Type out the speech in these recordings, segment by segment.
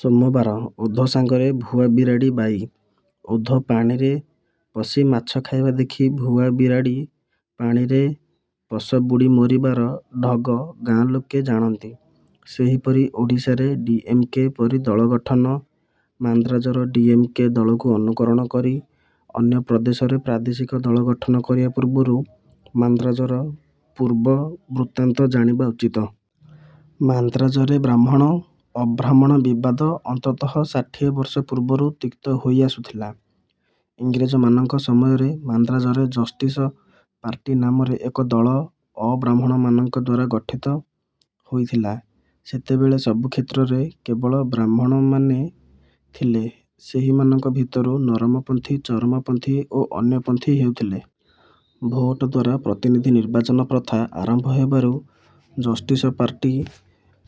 ସୋମବାର ଓଧ ସାଙ୍ଗରେ ଭୁଆ ବିରାଡ଼ି ବାଇ ଓଧ ପାଣିରେ ପଶି ମାଛ ଖାଇବା ଦେଖି ଭୁଆ ବିରାଡ଼ି ପାଣିରେ ପଶ ବୁଡ଼ି ମରିବାର ଢଗ ଗାଁ ଲୋକେ ଜାଣନ୍ତି। ସେହିପରି ଓଡ଼ିଶାରେ ଡି: ଏମ: କେ: ପରି ଦଳ ଗଠନ, ମାନ୍ଦ୍ରାଜର ଡି: ଏମ: କେ ଦଳକୁ ଅନୁକରଣ କରି ଅନ୍ୟ ପ୍ରଦେଶରେ ପ୍ରାଦେଶିକ ଦଳ ଗଠନ କରିବା ପୂର୍ବରୁ ମାନ୍ଦ୍ରାଜର ପୂର୍ବ ବୃତ୍ତାନ୍ତ ଜାଣିବା ଉଚିତ। ମାନ୍ଦ୍ରାଜରେ ବ୍ରାହ୍ମଣ ଅବ୍ରାହ୍ମଣ ବିବାଦ ଅନ୍ତତଃ ଷାଠିଏ ବର୍ଷ ପୂର୍ବରୁ ତିକ୍ତ ହୋଇଆସୁଥିଲା। ଇଂରେଜମାନଙ୍କ ସମୟରେ ମାନ୍ଦ୍ରାଜରେ ଜଷ୍ଟିସ ପାର୍ଟି ନାମରେ ଏକ ଦଳ ଅବ୍ରାହ୍ମଣମାନଙ୍କଦ୍ୱାରା ଗଠିତ ହୋଇଥିଲା। ସେତେବେଳେ ସବୁ କ୍ଷେତ୍ରରେ କେବଳ ବ୍ରାହ୍ମଣମାନେ ଥିଲେ। ସେହିମାନଙ୍କ ଭିତରୁ ନରମପନ୍ଥୀ, ଚରମପନ୍ଥୀ ଓ ଅନ୍ୟ ପନ୍ଥୀ ହେଉଥିଲେ। ଭୋଟଦ୍ୱାରା ପ୍ରତିନିଧି ନିର୍ବାଚନ ପ୍ରଥା ଆରମ୍ଭ ହେବାରେ ଜଷ୍ଟିସ ପାର୍ଟି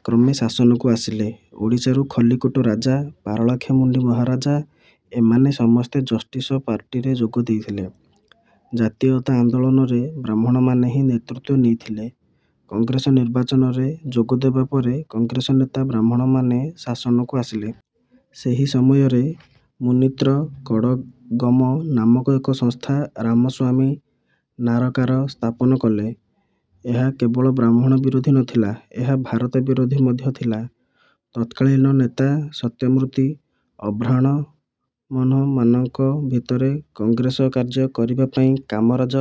କ୍ରମେ ଶାସନକୁ ଆସିଲେ। ଓଡ଼ିଶାରୁ ଖଲିକୋଟ ରାଜା, ପାରଳାଖେମୁଣ୍ଡି ମହାରାଜା ଏମାନେ ସମସ୍ତେ ଜଷ୍ଟିସ ପାର୍ଟିରେ ଯୋଗ ଦେଇଥିଲେ। ଜାତୀୟତା ଆନ୍ଦୋଳନରେ ବ୍ରାହ୍ମଣମାନେ ହିଁ ନେତୃତ୍ୱ ନେଇଥିଲେ। କଂଗ୍ରେସ ନିର୍ବାଚନରେ ଯୋଗ ଦେବା ପରେ କଂଗ୍ରେସ ନେତା ବ୍ରାହ୍ମଣମାନେ ଶାସନକୁ ଆସିଲେ। ସେହି ସମୟରେ ମୁନିତ୍ର କଡ଼ଗମ ନାମକ ଏକ ସଂସ୍ଥା ରାମସ୍ୱାମୀ ନାରକାର ସ୍ଥାପନ କଲେ। ଏହା କେବଳ ବ୍ରାହ୍ମଣ ବିରୋଧୀ ନଥିଲା, ଏହା ଭାରତ ବିରୋଧୀ ମଧ୍ୟ ଥିଲା। ତତ୍କାଳୀନ ନେତା ସତ୍ୟମୂର୍ତ୍ତି ଅବ୍ରାହ୍ମଣମାନଙ୍କ ଭିତରେ କଂଗ୍ରେସ କାର୍ଯ୍ୟ କରିବାପାଇଁ କାମରାଜ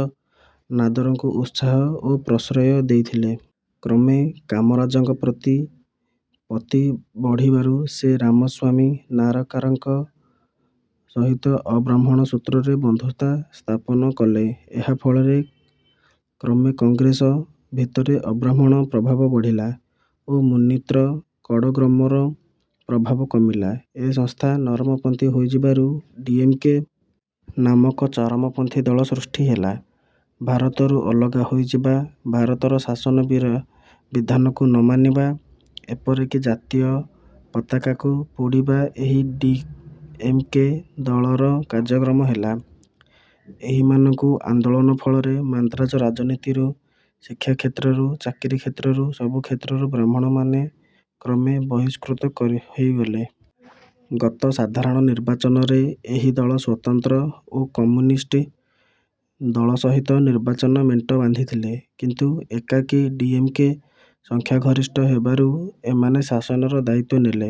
ନାଦରଙ୍କୁ ଉତ୍ସାହ ଓ ପ୍ରଶ୍ରୟ ଦେଇଥିଲେ। କ୍ରମେ କାମରାଜଙ୍କ ପ୍ରତିପତ୍ତି ବଢ଼ିବାରୁ ସେ ରାମସ୍ୱାମୀ ନାରକାରଙ୍କ ସହିତ ଅବ୍ରାହ୍ମଣ ସୂତ୍ରରେ ବନ୍ଧୁତା ସ୍ଥାପନ କଲେ। ଏହା ଫଳରେ କ୍ରମେ କଂଗ୍ରେସ ଭିତରେ ଅବ୍ରାହ୍ମଣ ପ୍ରଭାବ ବଢ଼ିଲା ଓ ମୁନିତ୍ର କଡ଼ଗମର ପ୍ରଭାବ କମିଲା। ଏ ସଂସ୍ଥା ନରମପନ୍ଥୀ ହୋଇଯିବାରୁ ଡି. ଏମ. କେ. ନାମକ ଚରମପନ୍ଥୀ ଦଳ ସୃଷ୍ଟି ହେଲା। ଭାରତରୁ ଅଲଗା ହୋଇଯିବା, ଭାରତର ଶାସନ ବିଧାନକୁ ନ ମାନିବା, ଏପରିକି ଜାତୀୟ ପତାକାକୁ ପୋଡ଼ିବା ଏହି ଡି. ଏମ. କେ. ଦଳର କାର୍ଯ୍ୟକ୍ରମ ହେଲା। ଏହିମାନଙ୍କ ଆନ୍ଦୋଳନ ଫଳରେ ମାନ୍ଦ୍ରାଜ ରାଜନୀତିରୁ ଶିକ୍ଷାକ୍ଷେତ୍ରରୁ ଚାକିରି କ୍ଷେତ୍ରରୁ, ସବୁ କ୍ଷେତ୍ରରୁ ବ୍ରାହ୍ମଣମାନେ କ୍ରମେ ବହିଷ୍କୃତ ହୋଇଗଲେ। ଗତ ସାଧାରଣ ନିର୍ବାଚନରେ ଏହି ଦଳ ସ୍ୱତନ୍ତ୍ର ଓ କମ୍ୟୁନିଷ୍ଟ ଦଳ ସହିତ ନିର୍ବାଚନ ମେଣ୍ଟ ବାନ୍ଧିଥିଲେ; କିନ୍ତୁ ଏକାକୀ ଡି. ଏମ. କେ. ସଂଖ୍ୟାଗରିଷ୍ଠ ହେବାରୁ ଏମାନେ ଶାସନର ଦାୟିତ୍ୱ ନେଲେ।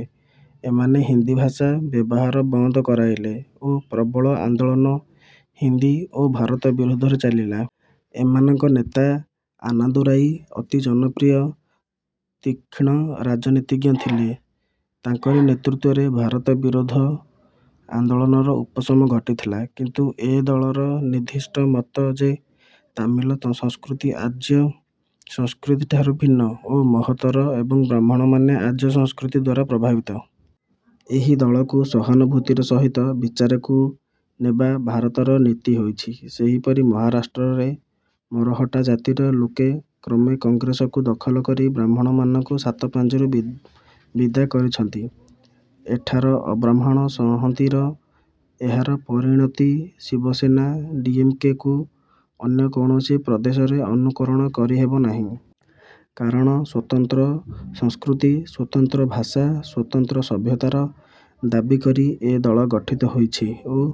ଏମାନେ ହିନ୍ଦୀ ଭାଷା ବ୍ୟବହାର ବନ୍ଦ କରାଇଲେ ଓ ପ୍ରବଳ ଆନ୍ଦୋଳନ ହିନ୍ଦୀ ଓ ଭାରତ ବିରୁଦ୍ଧରେ ଚାଲିଲା। ଏମାନଙ୍କ ନେତା ଆନାଦୁରାଇ ଅତି ଜନପ୍ରିୟ ତୀକ୍ଷ୍ଣ ରାଜନୀତିଜ୍ଞ ଥିଲେ। ତାଙ୍କରି ନେତୃତ୍ୱରେ ଭାରତ ବିରୋଧ ଆନ୍ଦୋଳନର ଉପସମ ଘଟିଥିଲା; କିନ୍ତୁ ଏ ଦଳର ନିର୍ଦ୍ଦିଷ୍ଟ ମତ ଯେ ତାମିଲ ସଂସ୍କୃତି ଆର୍ଯ୍ୟ ସଂସ୍କୃତିଠାରୁ ଭିନ୍ନ ଓ ମହତ୍ତର ଏବଂ ବ୍ରାହ୍ମଣମାନେ ଆର୍ଯ୍ୟ ସଂସ୍କୃତିଦ୍ୱାରା ପ୍ରଭାବିତ। ଏହି ଦଳକୁ ସହାନୁଭୂତିର ସହିତ ବିଚାରକୁ ନେବା ଭାରତର ନୀତି ହୋଇଛି। ସେହିପରି ମହାରାଷ୍ଟ୍ରରେ ମରହଟ୍ଟା ଜାତିର ଲୋକେ କ୍ରମେ କଂଗ୍ରେସକୁ ଦଖଲକରି ବ୍ରାହ୍ମଣମାନଙ୍କୁ ସାତପାଞ୍ଜିରୁ ବିଦା କରିଛନ୍ତି। ଏଠାର ଅବ୍ରାହ୍ମଣ ସଂହତିର ଏହାର ପରିଣତି 'ଶିବସେନା', ଡି. ଏମ. କେ. କୁ ଅନ୍ୟ କୌଣସି ପ୍ରଦେଶରେ ଅନୁକରଣ କରିହେବ ନାହିଁ। କାରଣ ସ୍ୱତନ୍ତ୍ର ସଂସ୍କୃତି, ସ୍ୱତନ୍ତ୍ର ଭାଷା, ସ୍ୱତନ୍ତ୍ର ସଭ୍ୟତାର ଦାବି କରି ଏ ଦଳ ଗଠିତ ହୋଇଛି ଓ